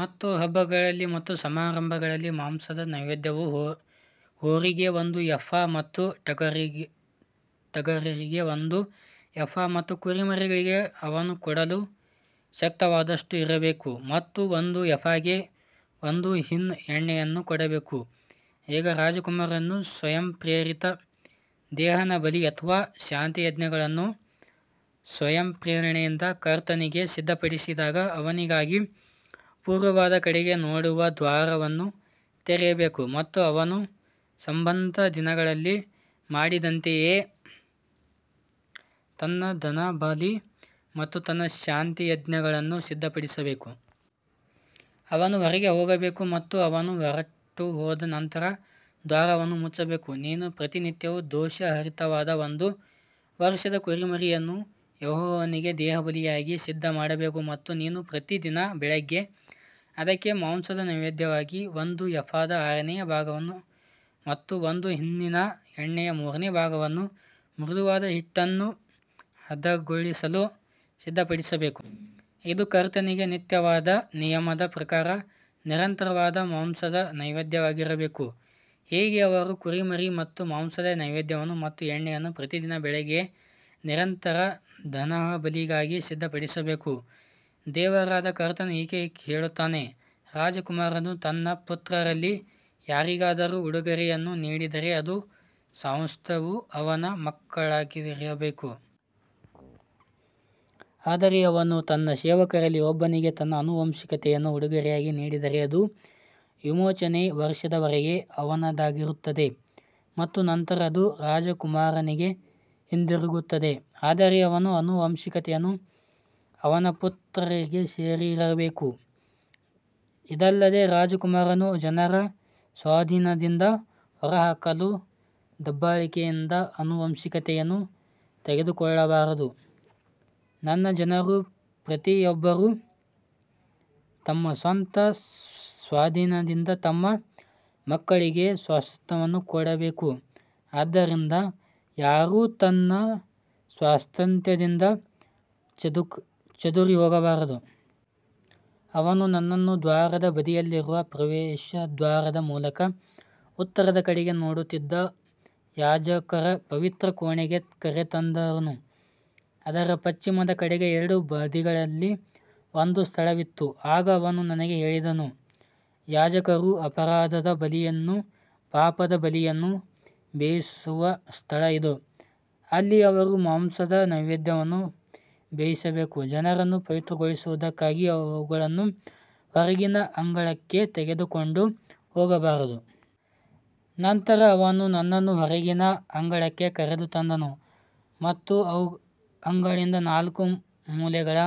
ಮತ್ತು ಹಬ್ಬಗಳಲ್ಲಿ ಮತ್ತು ಸಮಾರಂಭಗಳಲ್ಲಿ ಮಾಂಸದ ನೈವೇದ್ಯವು ಹೋರಿಗೆ ಒಂದು ಎಫಾ ಮತ್ತು ಟಗರಿಗೆ ಒಂದು ಎಫಾ ಮತ್ತು ಕುರಿಮರಿಗಳಿಗೆ ಅವನು ಕೊಡಲು ಶಕ್ತವಾದಷ್ಟು ಇರಬೇಕು ಮತ್ತು ಒಂದು ಎಫಾಗೆ ಒಂದು ಹಿನ್ ಎಣ್ಣೆಯನ್ನು ಕೊಡಬೇಕು. ಈಗ ರಾಜಕುಮಾರನು ಸ್ವಯಂಪ್ರೇರಿತ ದಹನಬಲಿ ಅಥವಾ ಶಾಂತಿಯಜ್ಞಗಳನ್ನು ಸ್ವಯಂಪ್ರೇರಣೆಯಿಂದ ಕರ್ತನಿಗೆ ಸಿದ್ಧಪಡಿಸಿದಾಗ ಅವನಿಗಾಗಿ ಪೂರ್ವದ ಕಡೆಗೆ ನೋಡುವ ದ್ವಾರವನ್ನು ತೆರೆಯಬೇಕು ಮತ್ತು ಅವನು ಸಬ್ಬತ್ ದಿನದಲ್ಲಿ ಮಾಡಿದಂತೆಯೇ ತನ್ನ ದಹನಬಲಿ ಮತ್ತು ತನ್ನ ಶಾಂತಿಯಜ್ಞಗಳನ್ನು ಸಿದ್ಧಪಡಿಸಬೇಕು. ಅವನು ಹೊರಗೆ ಹೋಗಬೇಕು ಮತ್ತು ಅವನು ಹೊರಟುಹೋದ ನಂತರ ದ್ವಾರವನ್ನು ಮುಚ್ಚಬೇಕು. ನೀನು ಪ್ರತಿನಿತ್ಯವೂ ದೋಷರಹಿತವಾದ ಒಂದು ವರ್ಷದ ಕುರಿಮರಿಯನ್ನು ಯೆಹೋವನಿಗೆ ದಹನಬಲಿಯಾಗಿ ಸಿದ್ಧಮಾಡಬೇಕು. ಮತ್ತು ನೀನು ಪ್ರತಿ ದಿನ ಬೆಳಿಗ್ಗೆ ಅದಕ್ಕೆ ಮಾಂಸದ ನೈವೇದ್ಯವಾಗಿ ಒಂದು ಎಫಾದ ಆರನೇ ಭಾಗವನ್ನು ಮತ್ತು ಒಂದು ಹಿನ್ನಿನ ಎಣ್ಣೆಯ ಮೂರನೇ ಭಾಗವನ್ನು ಮೃದುವಾದ ಹಿಟ್ಟನ್ನು ಹದಗೊಳಿಸಲು ಸಿದ್ಧಪಡಿಸಬೇಕು. ಇದು ಕರ್ತನಿಗೆ ನಿತ್ಯವಾದ ನಿಯಮದ ಪ್ರಕಾರ ನಿರಂತರವಾದ ಮಾಂಸದ ನೈವೇದ್ಯವಾಗಿರಬೇಕು. ಹೀಗೆ ಅವರು ಕುರಿಮರಿ ಮತ್ತು ಮಾಂಸದ ನೈವೇದ್ಯವನ್ನು ಮತ್ತು ಎಣ್ಣೆಯನ್ನು ಪ್ರತಿದಿನ ಬೆಳಿಗ್ಗೆ ನಿರಂತರ ದಹನಬಲಿಗಾಗಿ ಸಿದ್ಧಪಡಿಸಬೇಕು. ದೇವರಾದ ಕರ್ತನು ಹೀಗೆ ಹೇಳುತ್ತಾನೆ, ರಾಜಕುಮಾರನು ತನ್ನ ಪುತ್ರರಲ್ಲಿ ಯಾರಿಗಾದರೂ ಉಡುಗೊರೆಯನ್ನು ನೀಡಿದರೆ ಅದರ ಸ್ವಾಸ್ತ್ಯವು ಅವನ ಮಕ್ಕಳದ್ದಾಗಿರಬೇಕು. ಆದರೆ ಅವನು ತನ್ನ ಸೇವಕರಲ್ಲಿ ಒಬ್ಬನಿಗೆ ತನ್ನ ಆನುವಂಶಿಕತೆಯನ್ನು ಉಡುಗೊರೆಯಾಗಿ ನೀಡಿದರೆ, ಅದು ವಿಮೋಚನೆಯ ವರ್ಷದವರೆಗೆ ಅವನದಾಗಿರುತ್ತದೆ ಮತ್ತು ನಂತರ ಅದು ರಾಜಕುಮಾರನಿಗೆ ಹಿಂದಿರುಗುತ್ತದೆ. ಆದರೆ ಅವನ ಆನುವಂಶಿಕತೆಯು ಅವನ ಪುತ್ರರಿಗೆ ಸೇರಿರಬೇಕು. ಇದಲ್ಲದೆ ರಾಜಕುಮಾರನು ಜನರ ಸ್ವಾಧೀನದಿಂದ ಹೊರಹಾಕಲು ದಬ್ಬಾಳಿಕೆಯಿಂದ ಆನುವಂಶಿಕತೆಯನ್ನು ತೆಗೆದುಕೊಳ್ಳಬಾರದು. ನನ್ನ ಜನರು ಪ್ರತಿಯೊಬ್ಬರೂ ತಮ್ಮ ಸ್ವಂತ ಸ್ವಾಧೀನದಿಂದ ತಮ್ಮ ಮಕ್ಕಳಿಗೆ ಸ್ವಾಸ್ತ್ಯವನ್ನು ಕೊಡಬೇಕು, ಆದ್ದರಿಂದ ಯಾರೂ ತನ್ನ ಸ್ವಾಸ್ತ್ಯದಿಂದ ಚದುರಿಹೋಗಬಾರದು. ಅವನು ನನ್ನನ್ನು ದ್ವಾರದ ಬದಿಯಲ್ಲಿರುವ ಪ್ರವೇಶದ್ವಾರದ ಮೂಲಕ ಉತ್ತರದ ಕಡೆಗೆ ನೋಡುತ್ತಿದ್ದ ಯಾಜಕರ ಪವಿತ್ರ ಕೋಣೆಗೆ ಕರೆತಂದನು. ಅದರ ಪಶ್ಚಿಮದ ಕಡೆಗೆ ಎರಡು ಬದಿಗಳಲ್ಲಿ ಒಂದು ಸ್ಥಳವಿತ್ತು. ಆಗ ಅವನು ನನಗೆ ಹೇಳಿದನು, ಯಾಜಕರು ಅಪರಾಧದ ಬಲಿಯನ್ನೂ ಪಾಪದ ಬಲಿಯನ್ನೂ ಬೇಯಿಸುವ ಸ್ಥಳ ಇದು. ಅಲ್ಲಿ ಅವರು ಮಾಂಸದ ನೈವೇದ್ಯವನ್ನು ಬೇಯಿಸಬೇಕು, ಜನರನ್ನು ಪವಿತ್ರಗೊಳಿಸುವುದಕ್ಕಾಗಿ ಅವುಗಳನ್ನು ಹೊರಗಿನ ಅಂಗಳಕ್ಕೆ ತೆಗೆದುಕೊಂಡು ಹೋಗಬಾರದು. ನಂತರ ಅವನು ನನ್ನನ್ನು ಹೊರಗಿನ ಅಂಗಳಕ್ಕೆ ಕರೆತಂದನು ಮತ್ತು ಅಂಗಳದ ನಾಲ್ಕು ಮೂಲೆಗಳ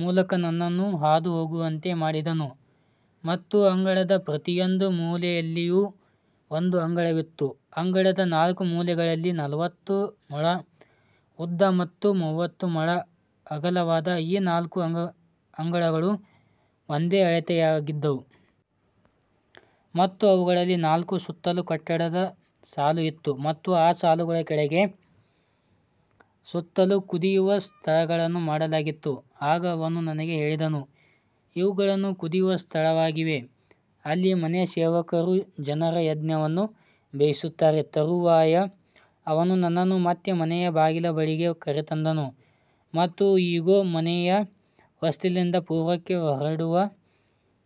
ಮೂಲಕ ನನ್ನನ್ನು ಹಾದುಹೋಗುವಂತೆ ಮಾಡಿದನು ಮತ್ತು ಅಂಗಳದ ಪ್ರತಿಯೊಂದು ಮೂಲೆಯಲ್ಲಿಯೂ ಒಂದು ಅಂಗಳವಿತ್ತು. ಅಂಗಳದ ನಾಲ್ಕು ಮೂಲೆಗಳಲ್ಲಿ ನಲವತ್ತು ಮೊಳ ಉದ್ದ ಮತ್ತು ಮೂವತ್ತು ಮೊಳ ಅಗಲವಾದ ಈ ನಾಲ್ಕು ಅಂಗಳಗಳು ಒಂದೇ ಅಳತೆಯವಾಗಿದ್ದವು. ಮತ್ತು ಅವುಗಳಲ್ಲಿ ನಾಲ್ಕೂ ಸುತ್ತಲೂ ಕಟ್ಟಡದ ಸಾಲು ಇತ್ತು ಮತ್ತು ಆ ಸಾಲುಗಳ ಕೆಳಗೆ ಸುತ್ತಲೂ ಕುದಿಯುವ ಸ್ಥಳಗಳನ್ನು ಮಾಡಲಾಗಿತ್ತು. ಆಗ ಅವನು ನನಗೆ ಹೇಳಿದನು, ಇವುಗಳು ಕುದಿಯುವ ಸ್ಥಳಗಳಾಗಿವೆ, ಅಲ್ಲಿ ಮನೆಯ ಸೇವಕರು ಜನರ ಯಜ್ಞವನ್ನು ಬೇಯಿಸುತ್ತಾರೆ. ತರುವಾಯ ಅವನು ನನ್ನನ್ನು ಮತ್ತೆ ಮನೆಯ ಬಾಗಿಲ ಬಳಿಗೆ ಕರೆತಂದನು ಮತ್ತು ಇಗೋ, ಮನೆಯ ಹೊಸ್ತಿಲಿಂದ ಪೂರ್ವಕ್ಕೆ ಹೊರಡುವ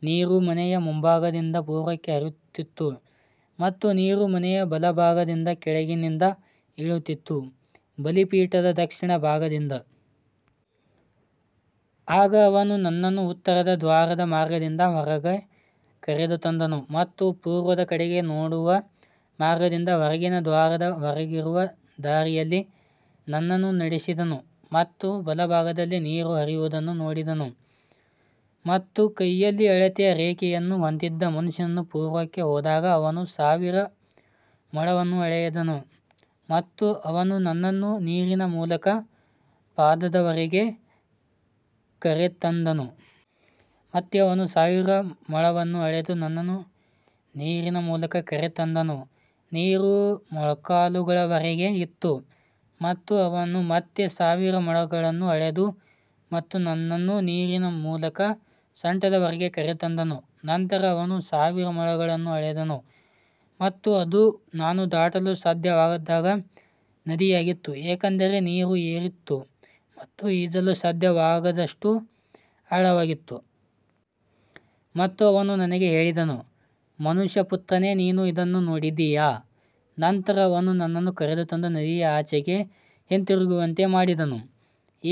ನೀರು ಮನೆಯ ಮುಂಭಾಗದಿಂದ ಪೂರ್ವಕ್ಕೆ ಹರಿಯುತ್ತಿತ್ತು ಮತ್ತು ನೀರು ಮನೆಯ ಬಲಭಾಗದಿಂದ ಕೆಳಗಿನಿಂದ ಇಳಿಯುತ್ತಿತ್ತು, ಬಲಿಪೀಠದ ದಕ್ಷಿಣ ಭಾಗದಿಂದ. ಆಗ ಅವನು ನನ್ನನ್ನು ಉತ್ತರದ ದ್ವಾರದ ಮಾರ್ಗದಿಂದ ಹೊರಗೆ ಕರೆತಂದನು ಮತ್ತು ಪೂರ್ವದ ಕಡೆಗೆ ನೋಡುವ ಮಾರ್ಗದಿಂದ ಹೊರಗಿನ ದ್ವಾರದ ಹೊರಗಿರುವ ದಾರಿಯಲ್ಲಿ ನನ್ನನ್ನು ನಡೆಸಿದನು ಮತ್ತು ಬಲಭಾಗದಲ್ಲಿ ನೀರು ಹರಿಯುವುದನ್ನು ನೋಡಿದೆನು. ಮತ್ತು ಕೈಯಲ್ಲಿ ಅಳತೆಯ ರೇಖೆಯನ್ನು ಹೊಂದಿದ್ದ ಮನುಷ್ಯನು ಪೂರ್ವಕ್ಕೆ ಹೋದಾಗ ಅವನು ಸಾವಿರ ಮೊಳವನ್ನು ಅಳೆದನು ಮತ್ತು ಅವನು ನನ್ನನ್ನು ನೀರಿನ ಮೂಲಕ ಪಾದದವರೆಗೆ ಕರೆತಂದನು. ಮತ್ತೆ ಅವನು ಸಾವಿರ ಮೊಳವನ್ನು ಅಳೆದು ನನ್ನನ್ನು ನೀರಿನ ಮೂಲಕ ಕರೆತಂದನು, ನೀರು ಮೊಣಕಾಲುಗಳವರೆಗೆ ಇತ್ತು. ಮತ್ತು ಅವನು ಮತ್ತೆ ಸಾವಿರ ಮೊಳವನ್ನು ಅಳೆದನು ಮತ್ತು ನನ್ನನ್ನು ನೀರಿನ ಮೂಲಕ ಸೊಂಟದವರೆಗೆ ಕರೆತಂದನು. ನಂತರ ಅವನು ಸಾವಿರ ಮೊಳವನ್ನು ಅಳೆದನು ಮತ್ತು ಅದು ನಾನು ದಾಟಲು ಸಾಧ್ಯವಾಗದ ನದಿಯಾಗಿತ್ತು, ಏಕೆಂದರೆ ನೀರು ಏರಿತ್ತು ಮತ್ತು ಈಜಲು ಸಾಧ್ಯವಾಗದಷ್ಟು ಆಳವಾಗಿತ್ತು. ಮತ್ತು ಅವನು ನನಗೆ ಹೇಳಿದನು, ಮನುಷ್ಯಪುತ್ರನೇ, ನೀನು ಇದನ್ನು ನೋಡಿದ್ದೀಯಾ. ನಂತರ ಅವನು ನನ್ನನ್ನು ಕರೆತಂದು ನದಿಯ ಅಂಚಿಗೆ ಹಿಂತಿರುಗುವಂತೆ ಮಾಡಿದನು.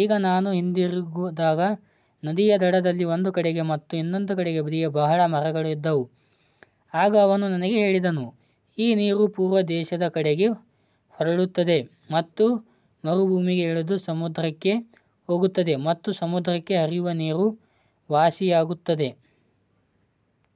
ಈಗ ನಾನು ಹಿಂದಿರುಗಿದಾಗ ನದಿಯ ದಡದಲ್ಲಿ ಒಂದು ಕಡೆ ಮತ್ತು ಇನ್ನೊಂದು ಬದಿಯಲ್ಲಿ ಬಹಳ ಮರಗಳು ಇದ್ದವು. ಆಗ ಅವನು ನನಗೆ ಹೇಳಿದನು, ಈ ನೀರು ಪೂರ್ವ ದೇಶದ ಕಡೆಗೆ ಹೊರಡುತ್ತದೆ ಮತ್ತು ಮರುಭೂಮಿಗೆ ಇಳಿದು ಸಮುದ್ರಕ್ಕೆ ಹೋಗುತ್ತದೆ ಮತ್ತು ಸಮುದ್ರಕ್ಕೆ ಹರಿಯುವ ನೀರು ವಾಸಿಯಾಗುತ್ತದೆ.